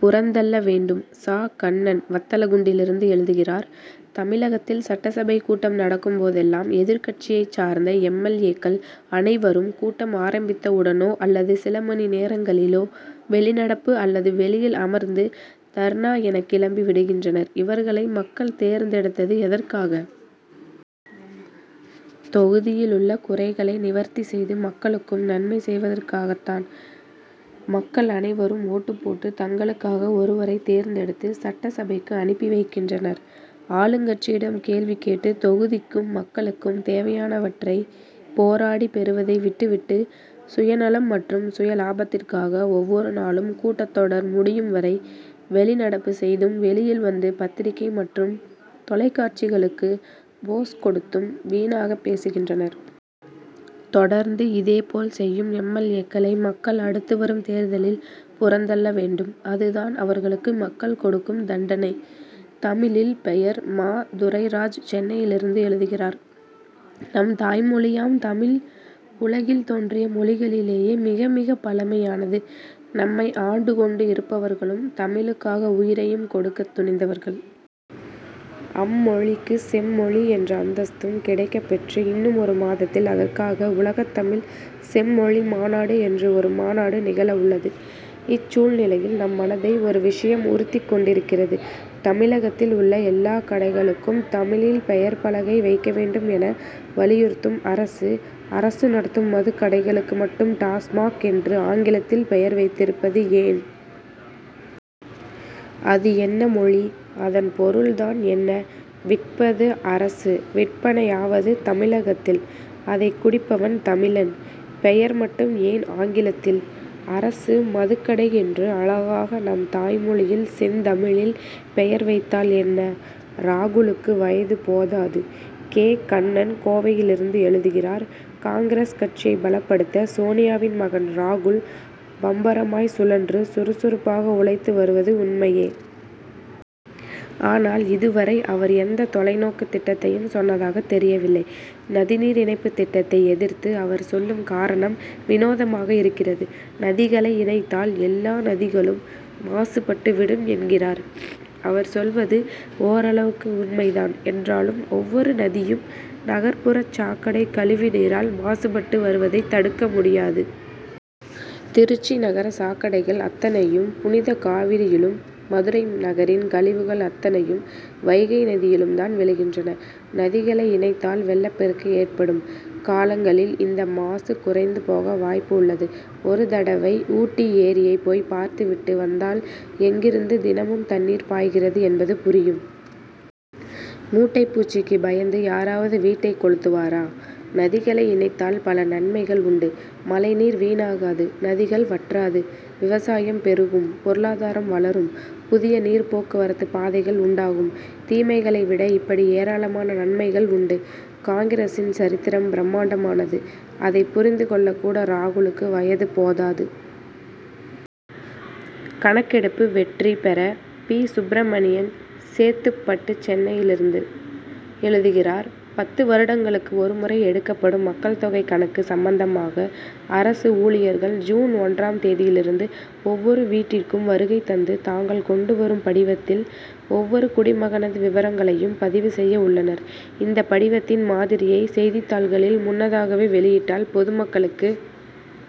புறந்தள்ள வேண்டும்! ச. கண்ணன் வத்தலக்குண்டிலிருந்து எழுதுகிறார் தமிழகத்தில் சட்டசபை கூட்டம் நடக்கும் போதெல்லாம் எதிர்க்கட்சியைச் சார்ந்த எம். எல். ஏ.க்கள் அனைவரும் கூட்டம் ஆரம்பித்தவுடனோ அல்லது சில மணி நேரங்களிலோ வெளிநடப்பு அல்லது வெளியில் அமர்ந்து தர்ணா என கிளம்பி விடுகின்றனர். இவர்களை மக்கள் தேர்ந்தெடுத்தது எதற்காக? தொகுதியிலுள்ள குறைகளை நிவர்த்தி செய்து மக்களுக்கும் நன்மை செய்வதற்காகத் தான். மக்கள் அனைவரும் ஓட்டுப் போட்டு தங்களுக்காக ஒருவரை தேர்ந்தெடுத்து சட்டசபைக்கு அனுப்பி வைக்கின்றனர். ஆளுங்கட்சியிடம் கேள்வி கேட்டு தொகுதிக்கும் மக்களுக்கும் தேவையானவற்றை போராடி பெறுவதை விட்டு விட்டு சுயநலம் மற்றும் சுயலாபத்திற்காக ஒவ்வொரு நாளும் கூட்டத்தொடர் முடியும் வரை வெளி நடப்பு செய்தும் வெளியில் வந்து பத்திரிகை மற்றும் தொலைக்காட்சிகளுக்கு போஸ் கொடுத்தும் வீணாகப் பேசுகின்றனர். தொடர்ந்து இதேபோல் செய்யும் எம். எல். ஏ.,க்களை மக்கள், அடுத்து வரும் தேர்தலில் புறந்தள்ள வேண்டும். அதுதான் அவர்களுக்கு மக்கள் கொடுக்கும் தண்டனை. தமிழில் பெயர்:ம. துரைராஜ் சென்னையிலிருந்து எழுதுகிறார்: நம் தாய்மொழியாம் தமிழ் உலகில் தோன்றிய மொழிகளிலேயே மிகமிகப் பழமையானது. நம்மை ஆண்டு கொண்டு இருப்பவர்களும் தமிழுக்காக உயிரையும் கொடுக்கத் துணிந்தவர்கள். அம்மொழிக்கு செம்மொழி என்ற அந்தஸ்தும் கிடைக்கப் பெற்று இன்னும் ஒரு மாதத்தில் அதற்காக உலகத் தமிழ் செம்மொழி மாநாடு என்று ஒரு மாநாடு நிகழவுள்ளது. இச்சூழ்நிலையில் நம் மனதை ஒரு விஷயம் உறுத்திக் கொண்டிருக்கிறது. தமிழகத்தில் உள்ள எல்லாக் கடைகளுக்கும் தமிழில் பெயர் பலகை வைக்க வேண்டும் என வலியுறுத்தும் அரசு அரசு நடத்தும் மதுக்கடைகளுக்கு மட்டும் டாஸ்மாக் என்று ஆங்கிலத்தில் பெயர் வைத்து இருப்பது ஏன்? அது என்ன மொழி, அதன் பொருள் தான் என்ன? விற்பது அரசு, விற்பனையாவது தமிழகத்தில்; அதைக் குடிப்பவன் தமிழன். பெயர் மட்டும் ஏன் ஆங்கிலத்தில்? அரசு மதுக்கடை என்று அழகாக நம் தாய்மொழியில் செந்தமிழில் பெயர் வைத்தால் என்ன? ராகுலுக்கு வயது போதாது! கே. கண்ணன் கோவையிலிருந்து எழுதுகிறார் காங்கிரஸ் கட்சியைப் பலப்படுத்த சோனியாவின் மகன் ராகுல் பம்பரமாய் சுழன்று சுறுசுறுப்பாக உழைத்து வருவது உண்மையே! ஆனால் இதுவரை அவர் எந்த தொலைநோக்குத் திட்டத்தையும் சொன்னதாகத் தெரியவில்லை. நதிநீர் இணைப்புத் திட்டத்தை எதிர்த்து அவர் சொல்லும் காரணம் வினோதமாக இருக்கிறது. நதிகளை இணைத்தால் எல்லா நதிகளும் மாசுபட்டுவிடும் என்கிறார். அவர் சொல்வது ஓரளவுக்கு உண்மை தான் என்றாலும் ஒவ்வொரு நதியும், நகர்ப்புறச் சாக்கடை கழிவு நீரால் மாசுபட்டு வருவதைத் தடுக்க முடியாது. திருச்சி நகர சாக்கடைகள் அத்தனையும் புனித காவிரியிலும் மதுரை நகரின் கழிவுகள் அத்தனையும் வைகை நதியிலும் தான் விழுகின்றன. நதிகளை இணைத்தால் வெள்ளப்பெருக்கு ஏற்படும் காலங்களில் இந்த மாசு குறைந்து போக வாய்ப்பு உள்ளது. ஒரு தடவை ஊட்டி ஏரியை போய்ப் பார்த்து விட்டு வந்தால் எங்கிருந்து தினமும் தண்ணீர் பாய்கிறது என்பது புரியும். மூட்டைப் பூச்சிக்கு பயந்து யாராவது வீட்டைக் கொளுத்துவரா? நதிகளை இணைத்தால் பல நன்மைகள் உண்டு. மழைநீர் வீணாகாது நதிகள் வற்றாது. விவசாயம் பெருகும் பொருளாதாரம் வளரும் புதிய நீர்ப்போக்குவரத்து பாதைகள் உண்டாகும். தீமைகளை விட இப்படி ஏராளமான நன்மைகள் உண்டு. காங்கிரசின் சரித்திரம் பிரமாண்டமானது. அதைப் புரிந்து கொள்ள கூட ராகுலுக்கு வயது போதாது. கணக்கெடுப்பு வெற்றி பெற பி. சுப்ரமணியன் சேத்துப்பட்டு சென்னையிலிருந்து எழுதுகிறார் பத்து வருடங்களுக்கு ஒருமுறை எடுக்கப்படும் மக்கள் தொகை கணக்கு சம்பந்தமாக அரசு ஊழியர்கள் ஜூன் ஒன்றாம் தேதியிலிருந்து ஒவ்வொரு வீட்டிற்கும் வருகை தந்து தாங்கள் கொண்டு வரும் படிவத்தில் ஒவ்வொரு குடிமகனது விவரங்களையும் பதிவு செய்ய உள்ளனர். இந்த படிவத்தின் மாதிரியை செய்தித்தாள்களில் முன்னதாகவே வெளியிட்டால் பொதுமக்களுக்கு